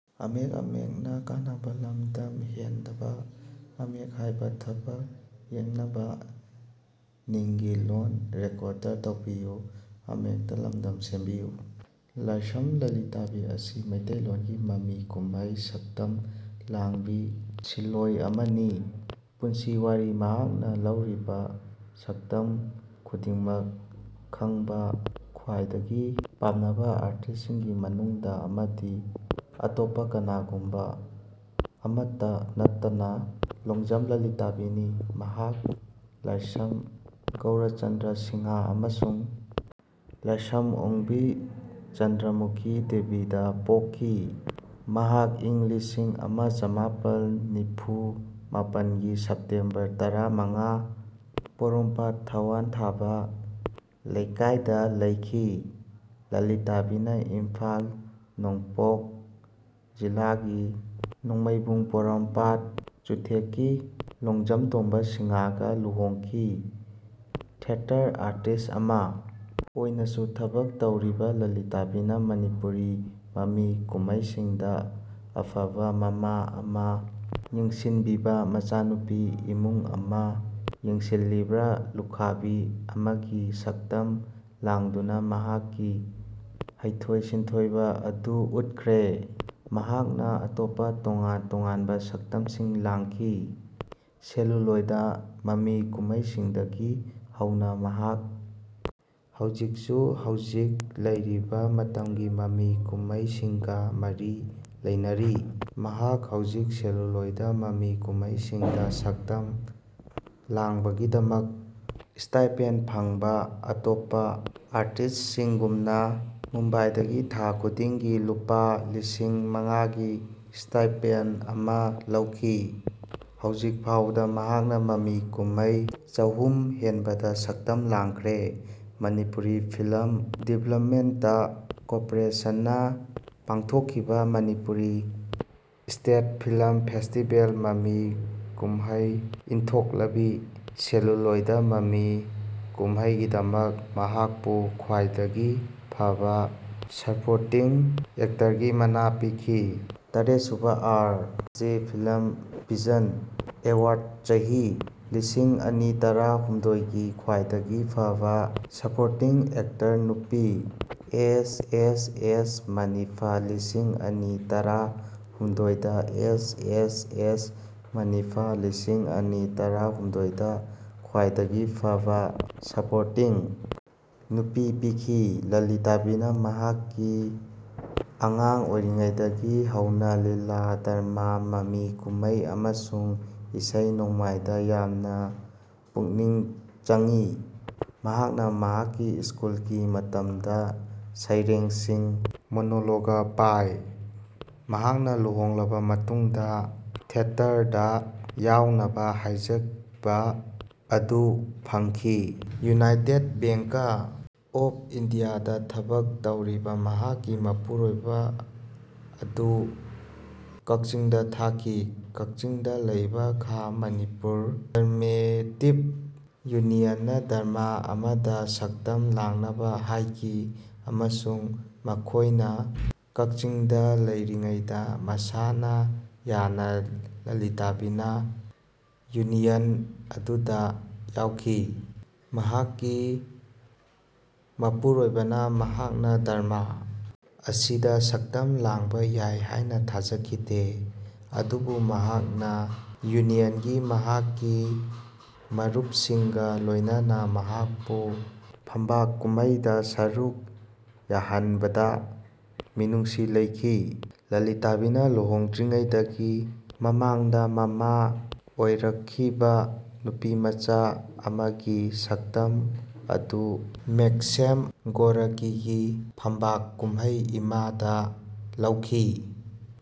ꯂꯥꯏꯁ꯭ꯔꯝ ꯂꯂꯤꯇꯥꯕꯤ ꯑꯁꯤ ꯃꯤꯇꯩꯂꯣꯟꯒꯤ ꯃꯃꯤ ꯀꯨꯝꯍꯩ ꯁꯛꯇꯝ ꯂꯥꯡꯕꯤ ꯁꯤꯟꯂꯣꯏ ꯑꯃꯅꯤ꯫ ꯄꯨꯟꯁꯤ ꯋꯥꯔꯤ ꯃꯍꯥꯛꯅ ꯂꯧꯔꯤꯕ ꯁꯛꯇꯝ ꯈꯨꯗꯤꯡꯃꯛ ꯈꯪꯕ ꯈ꯭ꯋꯥꯏꯗꯒꯤ ꯄꯥꯝꯅꯕ ꯑꯥꯔꯇꯤꯁ꯭ꯠꯁꯤꯡꯒꯤ ꯃꯅꯨꯡꯗ ꯑꯃꯗꯤ ꯑꯇꯣꯞꯄ ꯀꯅꯥꯒꯨꯝꯕ ꯑꯃꯠꯇ ꯅꯠꯇꯅ ꯂꯣꯡꯖꯝ ꯂꯂꯤꯇꯥꯕꯤꯅꯤ꯫ ꯃꯍꯥꯛ ꯂꯥꯏꯁ꯭ꯔꯝ ꯒꯧꯔꯆꯟꯗ ꯁꯤꯡꯍ ꯑꯃꯁꯨꯡ ꯂꯥꯏꯁ꯭ꯔꯝ ꯑꯣꯡꯕꯤ ꯆꯟꯗ꯭ꯔꯃꯨꯈꯤ ꯗꯦꯕꯤꯗ ꯄꯣꯛꯈꯤ꯫ ꯃꯍꯥꯛ ꯏꯪ ꯂꯤꯁꯤꯡ ꯑꯃ ꯆꯥꯃꯥꯄꯜ ꯅꯤꯐꯨ ꯃꯥꯄꯜꯒꯤ ꯁꯦꯞꯇꯦꯝꯕꯔ ꯇꯔꯥ ꯃꯉꯥꯗ ꯄꯣꯔꯣꯝꯄꯠ ꯊꯥꯋꯟꯊꯥꯕꯥ ꯂꯦꯏꯀꯥꯏꯗ ꯂꯩꯈꯤ꯫ ꯂꯂꯤꯇꯥꯕꯤꯅ ꯏꯝꯐꯥꯜ ꯅꯣꯡꯄꯣꯛ ꯖꯤꯂꯥꯒꯤ ꯅꯣꯡꯃꯥꯏꯕꯨꯡ ꯄꯣꯔꯣꯝꯄꯥꯠ ꯆꯨꯊꯦꯛꯀꯤ ꯂꯣꯡꯖꯥꯝ ꯇꯣꯝꯕ ꯁꯤꯡꯍꯒ ꯂꯨꯍꯣꯡꯈꯤ꯫ ꯊꯤꯌꯦꯇꯔ ꯑꯥꯔꯇꯤꯁ꯭ꯠ ꯑꯃ ꯑꯣꯏꯅꯁꯨ ꯊꯕꯛ ꯇꯧꯔꯤꯕ ꯂꯂꯤꯇꯥꯕꯤꯅ ꯃꯅꯤꯄꯨꯔꯤ ꯃꯃꯤ ꯀꯨꯝꯍꯩꯁꯤꯡꯗ ꯑꯐꯕ ꯃꯃꯥ ꯑꯃ, ꯌꯦꯡꯁꯤꯟꯕꯤꯕ ꯃꯃꯥꯅꯨꯄꯤ, ꯏꯃꯨꯡ ꯑꯃ ꯌꯦꯡꯁꯤꯜꯂꯤꯕ ꯂꯨꯈ꯭ꯔꯥꯕꯤ ꯑꯃꯒꯤ ꯁꯛꯇꯝ ꯂꯥꯡꯗꯨꯅ ꯃꯍꯥꯛꯀꯤ ꯍꯩꯊꯣꯏ-ꯁꯤꯡꯊꯣꯏꯕ ꯑꯗꯨ ꯎꯠꯈ꯭ꯔꯦ꯫ ꯃꯍꯥꯛꯅ ꯑꯇꯣꯞꯄ ꯇꯣꯉꯥꯟ-ꯇꯣꯉꯥꯟꯕ ꯁꯛꯇꯝꯁꯤꯡ ꯂꯧꯈꯤ꯫ ꯁꯦꯂꯨꯂꯣꯏꯗ ꯃꯃꯤ ꯀꯨꯝꯍꯩꯁꯤꯡꯗꯒꯤ ꯍꯧꯅ ꯃꯍꯥꯛ ꯍꯧꯖꯤꯛꯁꯨ ꯍꯧꯖꯤꯛ ꯂꯩꯔꯤꯕ ꯃꯇꯝꯒꯤ ꯃꯃꯤ ꯀꯨꯝꯍꯩꯁꯤꯡꯒ ꯃꯔꯤ ꯂꯩꯅꯔꯤ꯫ ꯃꯍꯥꯛ ꯍꯧꯖꯤꯛ ꯁꯦꯂꯨꯂꯣꯏꯗ ꯃꯃꯤ ꯀꯨꯝꯍꯩꯁꯤꯡꯗ ꯁꯛꯇꯝ ꯂꯥꯡꯕꯒꯤꯗꯃꯛ ꯁ꯭ꯇꯥꯏꯄꯦꯟ ꯐꯪꯕ ꯑꯇꯣꯞꯄ ꯑꯥꯔꯇꯤꯁꯇꯁꯤꯡꯒꯨꯝꯅ ꯃꯨꯝꯕꯥꯏꯗꯒꯤ ꯊꯥ ꯈꯨꯗꯤꯡꯒꯤ ꯂꯨꯄꯥ ꯂꯤꯁꯤꯡ ꯃꯉꯥꯒꯤ ꯁ꯭ꯇꯥꯏꯄꯦꯟ ꯑꯃ ꯂꯧꯈꯤ꯫ ꯍꯧꯖꯤꯛ ꯐꯥꯎꯕꯗ ꯃꯍꯥꯛꯅ ꯃꯃꯤ ꯀꯨꯝꯍꯦꯏ ꯆꯥꯍꯨꯝ ꯍꯦꯟꯕꯗ ꯁꯛꯇꯝ ꯂꯥꯡꯈ꯭ꯔꯦ꯫ ꯃꯅꯤꯄꯨꯔ ꯐꯤꯜ꯭ꯃ ꯗꯤꯕꯦꯂꯞꯃꯦꯟꯇ ꯀꯣꯔꯄꯣꯔꯦꯁꯟꯅ ꯄꯥꯡꯊꯣꯛꯈꯤꯕ ꯃꯅꯤꯄꯨꯔ ꯁ꯭ꯇꯦꯠ ꯐꯤꯜꯃ ꯐꯦꯁꯇꯤꯕꯦꯜꯗ ꯃꯃꯤ ꯀꯨꯝꯍꯦꯏ ꯏꯟꯊꯣꯛꯂꯕꯤ ꯁꯦꯂꯨꯂꯣꯏꯗ ꯃꯃꯤ ꯀꯨꯝꯍꯦꯏꯒꯤꯗꯃꯛ ꯃꯍꯥꯛꯄꯨ ꯈ꯭ꯋꯥꯏꯗꯒꯤ ꯐꯕ ꯁꯄꯣꯔꯇꯤꯡ ꯑꯦꯛꯇꯔꯒꯤ ꯃꯅꯥ ꯄꯤꯈꯤ, ꯇꯔꯦꯠꯁꯨꯕ ꯑꯥꯔ. ꯖꯦ. ꯐꯤꯜ꯭ꯃ ꯚꯤꯖꯟ ꯑꯦꯋꯥꯔ꯭ꯗꯇ ꯆꯍꯤ -ꯂꯤꯁꯤꯡ ꯑꯅꯤ ꯇꯔꯥ ꯍꯨꯝꯗꯣꯏꯒꯤ ꯈ꯭ꯋꯥꯏꯗꯒꯤ ꯐꯕ ꯁꯄꯣꯔꯇꯤꯡ ꯑꯦꯛꯇꯔ (ꯅꯨꯄꯤ), ꯑꯦꯁ. ꯑꯦꯁ. ꯑꯦꯁ. ꯃꯅꯤꯐꯥ ꯂꯤꯁꯤꯡ ꯑꯅꯤ ꯇꯔꯥ ꯍꯨꯝꯗꯣꯏꯗ ꯑꯦꯁ. ꯑꯦꯁ. ꯑꯦꯁ. ꯃꯅꯤꯐꯥ ꯂꯤꯁꯤꯡ ꯑꯅꯤ ꯇꯔꯥ ꯍꯨꯝꯗꯣꯏꯗ ꯈ꯭ꯋꯥꯏꯗꯒꯤ ꯐꯕ ꯁꯄꯣꯔꯇꯤꯡ (ꯅꯨꯄꯤ) ꯄꯤꯈꯤ꯫ ꯂꯂꯤꯇꯥꯕꯤꯅ ꯃꯍꯥꯛꯀꯤ ꯑꯉꯥꯡ ꯑꯣꯏꯔꯤꯉꯩꯗꯒꯤ ꯍꯧꯅ ꯂꯤꯂꯥ, ꯗ꯭ꯔꯃꯥ, ꯃꯃꯤ ꯀꯨꯝꯍꯩ ꯑꯃꯁꯨꯡ ꯏꯁꯩ-ꯅꯣꯡꯃꯥꯏꯗ ꯌꯥꯝꯅ ꯄꯨꯛꯅꯤꯡ ꯆꯪꯉꯤ꯫ ꯃꯍꯥꯛꯅ ꯃꯍꯥꯛꯀꯤ ꯁ꯭ꯀꯨꯜꯒꯤ ꯃꯇꯝꯗ ꯁꯩꯔꯦꯡꯁꯤꯡ, ꯃꯣꯅꯣꯂꯣꯒ ꯄꯥꯏ꯫ ꯃꯍꯥꯛꯅ ꯂꯨꯍꯣꯡꯂꯕ ꯃꯇꯨꯡꯗ ꯊꯤꯌꯦꯇꯔꯗ ꯌꯥꯎꯅꯕ ꯍꯥꯏꯖꯕ ꯑꯗꯨ ꯐꯪꯈꯤ꯫ ꯌꯨꯅꯥꯏꯇꯦꯗ ꯕꯦꯡꯀ ꯑꯣꯐ ꯏꯟꯗꯤꯌꯥꯗ ꯊꯕꯛ ꯇꯧꯔꯤꯕ ꯃꯍꯥꯛꯀꯤ ꯃꯄꯨꯔꯣꯏꯕ ꯑꯗꯨ ꯀꯛꯆꯤꯡꯗ ꯊꯥꯈꯤ꯫ ꯀꯛꯆꯤꯡꯗ ꯂꯩꯕ ꯈꯥ-ꯃꯅꯤꯄꯨꯔ ꯗ꯭ꯔꯥꯃꯦꯇꯤꯛ ꯌꯨꯅꯤꯌꯟꯅ ꯗ꯭ꯔꯃꯥ ꯑꯃꯗ ꯁꯛꯇꯝ ꯂꯥꯡꯅꯕ ꯍꯥꯏꯈꯤ ꯑꯃꯁꯨꯡ ꯃꯈꯣꯏꯅ ꯀꯛꯆꯤꯡꯗ ꯂꯩꯔꯤꯉꯩꯗ ꯃꯁꯥꯅ ꯌꯥꯅ ꯂꯂꯤꯇꯥꯕꯤꯅ ꯌꯨꯅꯤꯌꯟ ꯑꯗꯨꯗ ꯌꯥꯎꯈꯤ꯫ ꯃꯍꯥꯛꯀꯤ ꯃꯄꯨꯔꯣꯏꯕꯅ ꯃꯍꯥꯛꯅ ꯗ꯭ꯔꯃꯥ ꯑꯁꯤꯗ ꯁꯛꯇꯝ ꯂꯥꯡꯕ ꯌꯥꯏ ꯍꯥꯏꯅ ꯊꯥꯖꯈꯤꯗꯦ꯫ ꯑꯗꯨꯕꯨ ꯃꯍꯥꯛꯅ ꯌꯨꯅꯤꯌꯟꯒꯤ ꯃꯍꯥꯛꯀꯤ ꯃꯔꯨꯞꯁꯤꯡꯒ ꯂꯣꯏꯅꯅ ꯃꯍꯥꯛꯄꯨ ꯐꯝꯕꯥꯛ ꯀꯨꯝꯍꯩꯗ ꯁꯔꯨꯛ ꯌꯥꯍꯟꯕꯗ ꯃꯤꯅꯨꯡꯁꯤ ꯂꯩꯈꯤ꯫ ꯂꯂꯤꯇꯥꯕꯤꯅ ꯂꯨꯍꯣꯡꯗ꯭ꯔꯤꯉꯩꯗꯒꯤ ꯃꯃꯥꯡꯗ ꯃꯃꯥ ꯑꯣꯏꯔꯛꯈꯤꯕ ꯅꯨꯄꯤꯃꯆꯥ ꯑꯃꯒꯤ ꯁꯛꯇꯝ ꯑꯗꯨ ꯃꯦꯛꯁꯤꯝ ꯒꯣꯔꯀꯤꯒꯤ ꯐꯝꯕꯥꯛ ꯀꯨꯝꯍꯩ 'ꯏꯃꯥ'ꯗ ꯂꯧꯈꯤ꯫